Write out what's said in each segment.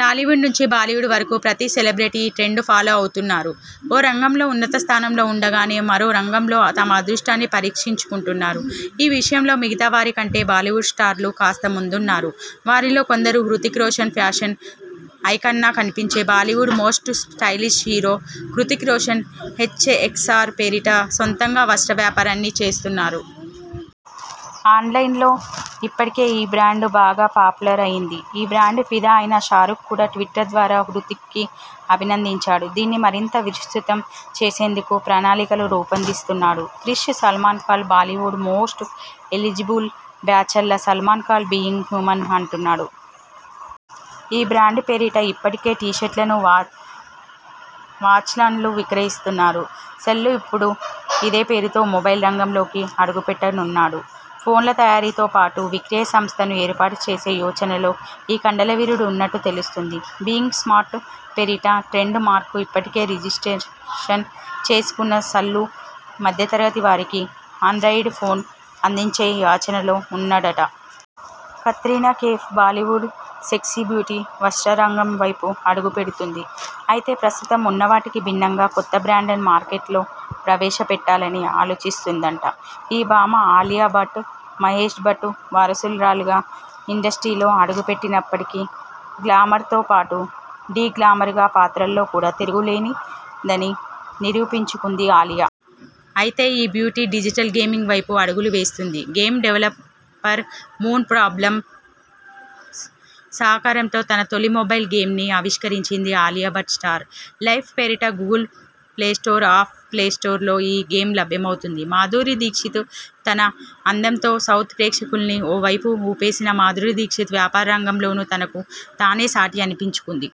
టాలీవుడ్ నుంచి బాలీవుడ్ వరకు ప్రతి సెలెబ్రిటీ ఈ ట్రెండ్ను ఫాలో అవుతున్నారు. ఓ రంగంలో ఉన్నత స్థానంలో ఉండగానే మరో రంగంలో తమ అదృష్టాన్ని పరీక్షించుకుంటున్నారు. ఈ విషయంలో మిగతా వారి కంటే బాలీవుడ్ స్టార్లు కాస్త ముందున్నారు. వారిలో కొందరు హృతిక్ రోషన్: ఫ్యాషన్కు ఐకాన్గా కనిపించే Bollywood most stylish hero Hrithik Roshan 'H X R' పేరిట సొంతంగా వస్త్ర వ్యాపారాన్ని చేస్తున్నాడు. ఆన్లైన్లో ఇప్పటికే ఈ బ్రాండ్ బాగా పాపులర్ అయింది. ఈ బ్రాండ్కు ఫిదా అయిన షారుఖ్ కూడా ట్విట్టర్ ద్వారా హృతిక్ని అభినందించాడు. దీన్ని మరింత విస్తృతం చేసేందుకు ప్రణాళికలు రూపొందిస్తున్నాడు 'Krish'. Salman Khan: Bollywood most eligible bachelor Salman Khan 'being human' అంటున్నాడు. ఈ బ్రాండ్ పేరిటి ఇప్పటికే టీ-షర్టులను, వాచ్లను విక్రయిస్తున్నాడు సల్లూ. ఇప్పుడు ఇదే పేరుతో మొబైల్ రంగంలోకి అడుగుపెట్టనున్నాడు. ఫోన్ల తయారీతో పాటు విక్రయ సంస్థను ఏర్పాటు చేసే యోచనలో ఈ కండలవీరుడు ఉన్నట్లు తెలుస్తోంది. 'బీయింగ్ స్మార్ట్' పేరిట ట్రేడ్ మార్క్ను ఇప్పటికే రిజిస్ట్రేషన్ చేసుకున్న సల్లూ మధ్యతరగతి వారికి ఆండ్రాయిడ్ ఫోన్ అందించే యచనలో ఉన్నాడట. కత్రినా కైఫ్: బాలీవుడ్ సెక్సీబ్యూటీ వస్త్ర రంగంవైపు అడుగు పెడుతోంది. అయితే ప్రస్తుతం ఉన్నవాటికి భిన్నంగా కొత్త బ్రాండ్లను మార్కెట్లో ప్రవేశపెట్టాలని ఆలోచిస్తోందట ఈ భామ. అలియా భట్: మహేష్ భట్ వారసురాలిగా ఇండస్ట్రీలో అడుగుపెట్టినప్పటికీ గ్లమర్తో పాటు డీగ్లామర్ పాత్రల్లో కూడా తిరుగులేదని నిరూపించుకుంది అలియా. అయితే ఈ బ్యూటీ డిజిటల్ గేమింగ్ వైపు అడుగులు వేస్తోంది. గేమ్ డెవలపర్ మూన్ ఫ్రాగ్లాబ్స్ సహకారంతో తన తొలి మొబైల్ గేమ్ని ఆవిష్కరించింది. 'అలియా భట్ స్టార్ లైఫ్' పేరిట గూగుల్ ప్లేస్టోర్, ఆప్ స్టోర్లో ఈ గేమ్ లభ్యమవుతుంది. మాధురీ దీక్షిత్: తన అందంతో సౌత్ ప్రేక్షకులని ఓ ఊపు ఊపేసిన మాధురీ దీక్షిత్ వ్యాపార రంగంలోనూ తనకు తానే సాటి అనిపించుకుంటుంది.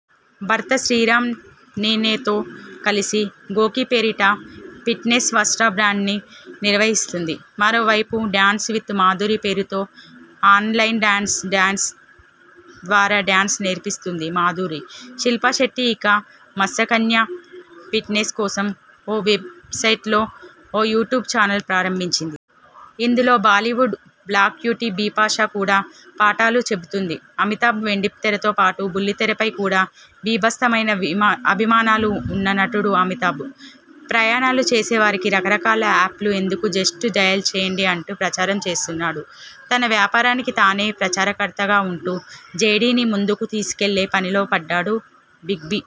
భర్త శ్రీరామ్ నీనేతో కలిసి గోకీ పేరిట ఫిట్నెస్ వస్త్ర బ్రాండ్ను నిర్వహిస్తుంది. మరోవైపు 'డాన్స్ విత్ మాధురీ' పేరుతో ఆన్లైన్ డాన్స్ ద్వారా డాన్స్ నేర్పిస్తోంది మాధురీ. శిల్పా శెట్టి: ఇక మత్స్యకన్య ఫిట్నెస్ కోసం ఓ వెబ్సైట్, ఓ యూట్యూబ్ చానల్ ప్రారంభించింది. ఇందులో బాలీవుడ్ బ్లాక్బ్యూటీ బిపాశా కూడా పాఠాలు చెబుతోంది. అమితాబ్: వెండితెరతో పాటు బుల్లితెరపై కూడా 'బీ'భత్సమైన అభిమానులు ఉన్న నటుడు అమితాబ్. ప్రయాణాలు చేసేవారికి రకరకాల ఆప్లు ఎందుకు జస్ట్ డయల్ చేయండి అంటూ ప్రచారం చేస్తున్నాడు. తన వ్యాపారాకి తనే ప్రచారకర్తగా ఉంటూ 'జేడీ'ని ముందుకు తీసుకెళ్లే పనిలో పడ్డాడు బిగ్బి.